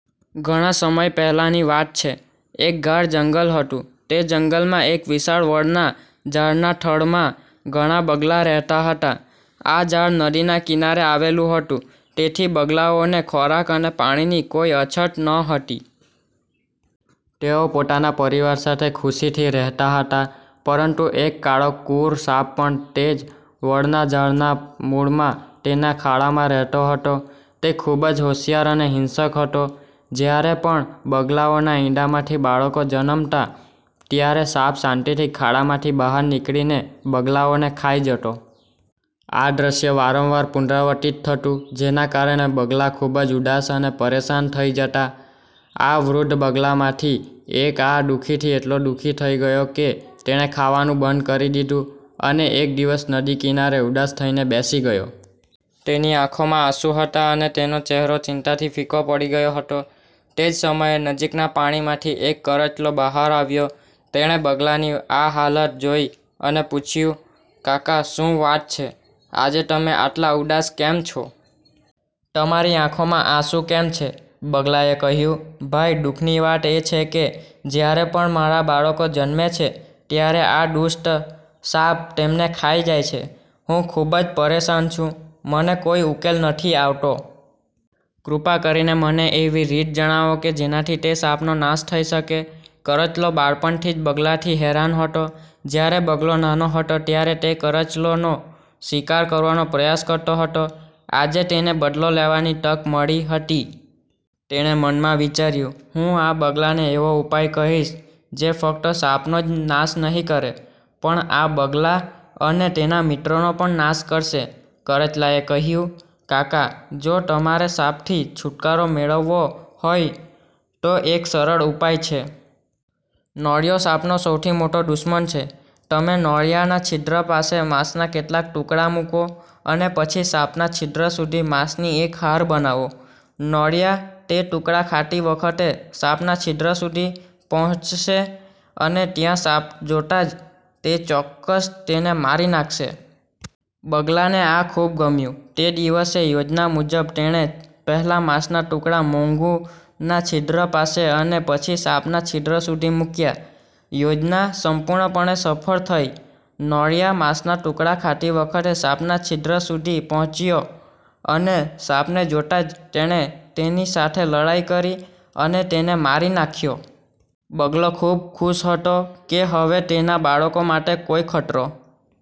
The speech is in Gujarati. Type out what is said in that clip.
ઘણા સમય પહેલાની વાત છે. એક ગાઢ જંગલ હતું. તે જંગલમાં એક વિશાળ વડના ઝાડના થડમાં ઘણા બગલા રહેતા હતા. આ ઝાડ નદીના કિનારે આવેલું હતું, તેથી બગલાઓને ખોરાક અને પાણીની કોઈ અછત નહોતી. તેઓ પોતાના પરિવાર સાથે ખુશીથી રહેતા હતા. પરંતુ એક કાળો, ક્રૂર સાપ પણ તે જ વડના ઝાડના મૂળમાં તેના ખાડામાં રહેતો હતો. તે ખૂબ જ હોશિયાર અને હિંસક હતો. જ્યારે પણ બગલાઓના ઈંડામાંથી બાળકો જન્મતા, ત્યારે સાપ શાંતિથી ખાડામાંથી બહાર નીકળીને બગલાઓને ખાઈ જતો. આ દ્રશ્ય વારંવાર પુનરાવર્તિત થતું, જેના કારણે બગલા ખૂબ જ ઉદાસ અને પરેશાન થઈ જતા. આ વૃદ્ધ બગલામાંથી એક આ દુ:ખથી એટલો દુઃખી થઈ ગયો કે તેણે ખાવાનું બંધ કરી દીધું અને એક દિવસ નદી કિનારે ઉદાસ થઈને બેસી ગયો. તેની આંખોમાં આંસુ હતા અને તેનો ચહેરો ચિંતાથી ફિક્કો પડી ગયો હતો. તે જ સમયે, નજીકના પાણીમાંથી એક કરચલો બહાર આવ્યો. તેણે બગલાની આ હાલત જોઈ અને પૂછ્યું, કાકા! શું વાત છે? આજે તમે આટલા ઉદાસ કેમ છો? તમારી આંખોમાં આંસુ કેમ છે? બગલાએ કહ્યું, ભાઈ! દુઃખની વાત એ છે કે જ્યારે પણ મારા બાળકો જન્મે છે, ત્યારે આ દુષ્ટ સાપ તેમને ખાઈ જાય છે. હું ખૂબ જ પરેશાન છું. મને કોઈ ઉકેલ નથી આવતો. કૃપા કરીને મને એવી રીત જણાવો કે જેનાથી તે સાપનો નાશ થઈ શકે. કરચલો બાળપણથી જ બગલાથી હેરાન હતો. જ્યારે બગલો નાનો હતો, ત્યારે તે કરચલોનો શિકાર કરવાનો પ્રયાસ કરતો હતો. આજે તેને બદલો લેવાની તક મળી હતી. તેણે મનમાં વિચાર્યું – હું આ બગલાને એવો ઉપાય કહીશ જે ફક્ત સાપનો જ નાશ નહીં કરે, પણ આ બગલા અને તેના મિત્રોનો પણ નાશ કરશે. કરચલાએ કહ્યું, કાકા! જો તમારે સાપથી છુટકારો મેળવવો હોય, તો એક સરળ ઉપાય છે. નોળિયો સાપનો સૌથી મોટો દુશ્મન છે. તમે નોળિયાના છિદ્ર પાસે માંસના કેટલાક ટુકડા મૂકો અને પછી સાપના છિદ્ર સુધી માંસની એક હાર બનાવો. નોળિયા તે ટુકડા ખાતી વખતે સાપના છિદ્ર સુધી પહોંચશે અને ત્યાં સાપ જોતાં જ તે ચોક્કસ તેને મારી નાખશે. બગલાને આ ખૂબ ગમ્યું. તે દિવસે, યોજના મુજબ, તેણે પહેલા માંસના ટુકડા મોંગૂના છિદ્ર પાસે અને પછી સાપના છિદ્ર સુધી મૂક્યા. યોજના સંપૂર્ણપણે સફળ થઈ. નોળિયા માંસના ટુકડા ખાતી વખતે સાપના છિદ્ર સુધી પહોંચ્યો અને સાપને જોતાં જ તેણે તેની સાથે લડાઈ કરી અને તેને મારી નાખ્યો. બગલો ખૂબ ખુશ હતો કે હવે તેના બાળકો માટે કોઈ ખતરો